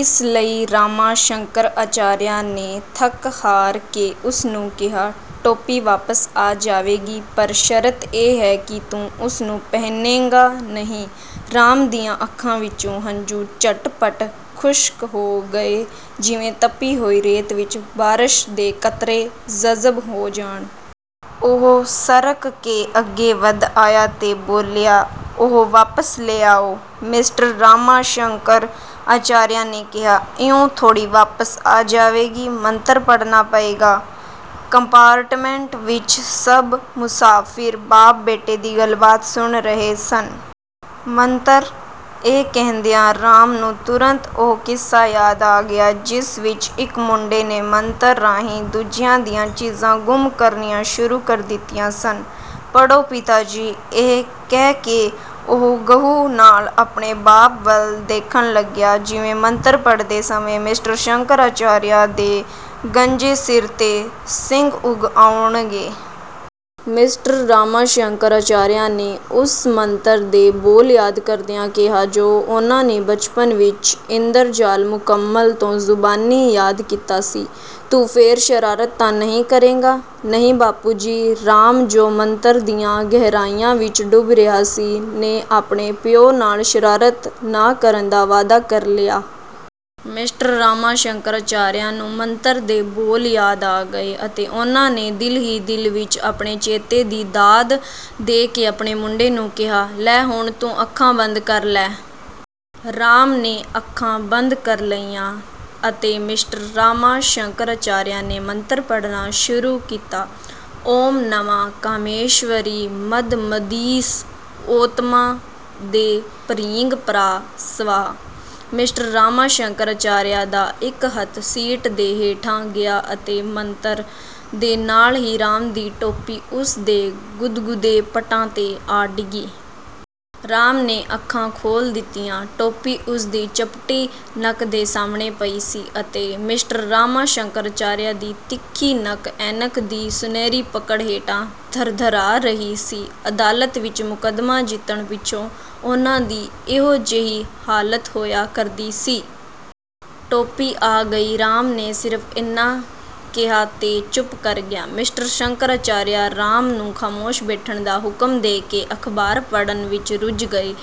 ਇਸ ਲਈ ਰਾਮਾ ਸ਼ੰਕਰ ਅਚਾਰੀਆ ਨੇ ਥੱਕ ਹਾਰ ਕੇ ਉਸ ਨੂੰ ਕਿਹਾ, "ਟੋਪੀ ਵਾਪਸ ਆ ਜਾਵੇਗੀ ਪਰ ਸ਼ਰਤ ਇਹ ਹੈ ਕਿ ਤੂੰ ਉਸ ਨੂੰ ਪਹਿਨੇਂਗਾ ਨਹੀਂ " ਰਾਮ ਦੀਆਂ ਅੱਖਾਂ ਵਿਚੋਂ ਹੰਝੂ ਝੱਟ-ਪੱਟ ਖੁਸ਼ਕ ਹੋ ਗਏ ਜਿਵੇਂ ਤਪੀ ਹੋਈ ਰੇਤ ਵਿਚ ਬਾਰਸ਼ ਦੇ ਕਤਰੇ ਜਜ਼ਬ ਹੋ ਜਾਣ। ਉਹ ਸਰਕ ਕੇ ਅੱਗੇ ਵਧ ਆਇਆ ਤੇ ਬੋਲਿਆ, "ਉਹ ਵਾਪਸ ਲੈ ਆਓ। " ਮਿਸਟਰ ਰਾਮਾ ਸ਼ੰਕਰ ਅਚਾਰੀਆ ਨੇ ਕਿਹਾ, "ਇਉਂ ਥੋੜ੍ਹੀ ਵਾਪਸ ਆ ਜਾਵੇਗੀ, ਮੰਤਰ ਪੜ੍ਹਨਾ ਪਏਗਾ। " ਕੰਪਾਰਟਮੈਂਟ ਵਿਚ ਸਭ ਮੁਸਾਫਿਰ ਬਾਪ ਬੇਟੇ ਦੀ ਗੱਲਬਾਤ ਸੁਣ ਰਹੇ ਸਨ। "ਮੰਤਰ", ਇਹ ਕਹਿੰਦਿਆਂ ਰਾਮ ਨੂੰ ਤੁਰੰਤ ਉਹ ਕਿੱਸਾ ਯਾਦ ਆ ਗਿਆ ਜਿਸ ਵਿਚ ਇਕ ਮੁੰਡੇ ਨੇ ਮੰਤਰ ਰਾਹੀਂ ਦੂਜਿਆਂ ਦੀਆਂ ਚੀਜ਼ਾਂ ਗੁੰਮ ਕਰਨੀਆਂ ਸ਼ੁਰੂ ਕਰ ਦਿੱਤੀਆਂ ਸਨ। "ਪੜ੍ਹੋ ਪਿਤਾ ਜੀ", ਇਹ ਕਹਿ ਕੇ ਉਹ ਗਹੁ ਨਾਲ ਆਪਣੇ ਬਾਪ ਵੱਲ ਦੇਖਣ ਲੱਗਿਆ ਜਿਵੇਂ ਮੰਤਰ ਪੜ੍ਹਦੇ ਸਮੇਂ ਮਿਸਟਰ ਸ਼ੰਕਰ ਆਚਾਰੀਆ ਦੇ ਗੰਜੇ ਸਿਰ 'ਤੇ ਸਿੰਗ ਉਗ ਆਉਣਗੇ। ਮਿਸਟਰ ਰਾਮਾ ਸ਼ੰਕਰ ਆਚਾਰੀਆ ਨੇ ਉਸ ਮੰਤਰ ਦੇ ਬੋਲ ਯਾਦ ਕਰਦਿਆਂ ਕਿਹਾ ਜੋ ਉਨ੍ਹਾਂ ਨੇ ਬਚਪਨ ਵਿਚ 'ਇੰਦਰ ਜਾਲ ਮੁਕੰਮਲ' ਤੋਂ ਜ਼ੁਬਾਨੀ ਯਾਦ ਕੀਤਾ ਸੀ, "ਤੂੰ ਫੇਰ ਸ਼ਰਾਰਤ ਤਾਂ ਨਹੀਂ ਕਰੇਂਗਾ? " "ਨਹੀਂ ਬਾਪੂ ਜੀ", ਰਾਮ ਜੋ ਮੰਤਰ ਦੀਆਂ ਗਹਿਰਾਈਆਂ ਵਿਚ ਡੁੱਬ ਰਿਹਾ ਸੀ, ਨੇ ਆਪਣੇ ਪਿਉੁ ਨਾਲ ਸ਼ਰਾਰਤ ਨਾ ਕਰਨ ਦਾ ਵਾਅਦਾ ਕਰ ਲਿਆ। ਮਿਸਟਰ ਰਾਮਾ ਸ਼ੰਕਰ ਅਚਾਰੀਆ ਨੂੰ ਮੰਤਰ ਦੇ ਬੋਲ ਯਾਦ ਆ ਗਏ ਅਤੇ ਉਨ੍ਹਾਂ ਨੇ ਦਿਲ ਹੀ ਦਿਲ ਵਿਚ ਆਪਣੇ ਚੇਤੇ ਦੀ ਦਾਦ ਦੇ ਕੇ ਆਪਣੇ ਮੁੰਡੇ ਨੂੰ ਕਿਹਾ, "ਲੈ ਹੁਣ ਤੂੰ ਅੱਖਾਂ ਬੰਦ ਕਰ ਲੈ। " ਰਾਮ ਨੇ ਅੱਖਾਂ ਬੰਦ ਕਰ ਲਈਆਂ ਅਤੇ ਮਿਸਟਰ ਰਾਮਾ ਸ਼ੰਕਰ ਅਚਾਰੀਆ ਨੇ ਮੰਤਰ ਪੜ੍ਹਨਾ ਸ਼ੁਰੂ ਕੀਤਾ। "ਓਮ ਨਮਾ ਕਾਮੇਸ਼ਵਰੀ ਮਦ ਮਦੀਸ਼ ਓਤਮਾ ਦੇ ਭਰੀਂਗ ਪਰਾ ਸਵਾਹ", ਮਿਸਟਰ ਰਾਮਾ ਸ਼ੰਕਰ ਅਚਾਰੀਆ ਦਾ ਇਕ ਹੱਥ ਸੀਟ ਦੇ ਹੇਠਾਂ ਗਿਆ ਅਤੇ 'ਮੰਤਰ' ਦੇ ਨਾਲ ਹੀ ਰਾਮ ਦੀ ਟੋਪੀ ਉਸ ਦੇ ਗੁਦਗੁਦੇ ਪੱਟਾਂ 'ਤੇ ਆ ਡਿੱਗੀ। ਰਾਮ ਨੇ ਅੱਖਾਂ ਖੋਲ੍ਹ ਦਿੱਤੀਆਂ। ਟੋਪੀ ਉਸ ਦੀ ਚਪਟੀ ਨੱਕ ਦੇ ਸਾਹਮਣੇ ਪਈ ਸੀ ਅਤੇ ਮਿਸਟਰ ਰਾਮਾ ਸ਼ੰਕਰ ਅਚਾਰੀਆ ਦੀ ਤਿੱਖੀ ਨੱਕ ਐਨਕ ਦੀ ਸੁਨਹਿਰੀ ਪਕੜ ਹੇਠਾਂ ਥਰਥਰਾ ਰਹੀ ਸੀ। ਅਦਾਲਤ ਵਿਚ ਮੁਕੱਦਮਾ ਜਿੱਤਣ ਪਿੱਛੋਂ ਉਨ੍ਹਾਂ ਦੀ ਇਹੋ ਜਿਹੀ ਹਾਲਤ ਹੋਇਆ ਕਰਦੀ ਸੀ। "ਟੋਪੀ ਆ ਗਈ", ਰਾਮ ਨੇ ਸਿਰਫ ਇੰਨਾ ਕਿਹਾ ਤੇ ਚੁੱਪ ਕਰ ਗਿਆ। ਮਿਸਟਰ ਸ਼ੰਕਰ ਅਚਾਰੀਆ ਰਾਮ ਨੂੰ ਖਾਮੋਸ਼ ਬੈਠਣ ਦਾ ਹੁਕਮ ਦੇ ਕੇ ਅਖਬਾਰ ਪੜ੍ਹਨ ਵਿਚ ਰੁੱਝ ਗਏ।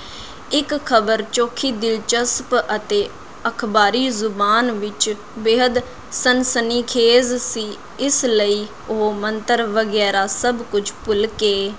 ਇਕ ਖਬਰ ਚੋਖੀ ਦਿਲਚਸਪ ਅਤੇ ਅਖਬਾਰੀ ਜ਼ੁਬਾਨ ਵਿਚ ਬੇਹੱਦ ਸਨਸਨੀਖੇਜ਼ ਸੀ। ਇਸ ਲਈ ਉਹ ਮੰਤਰ ਵਗੈਰਾ ਸਭ ਕੁਝ ਭੁੱਲ ਕੇ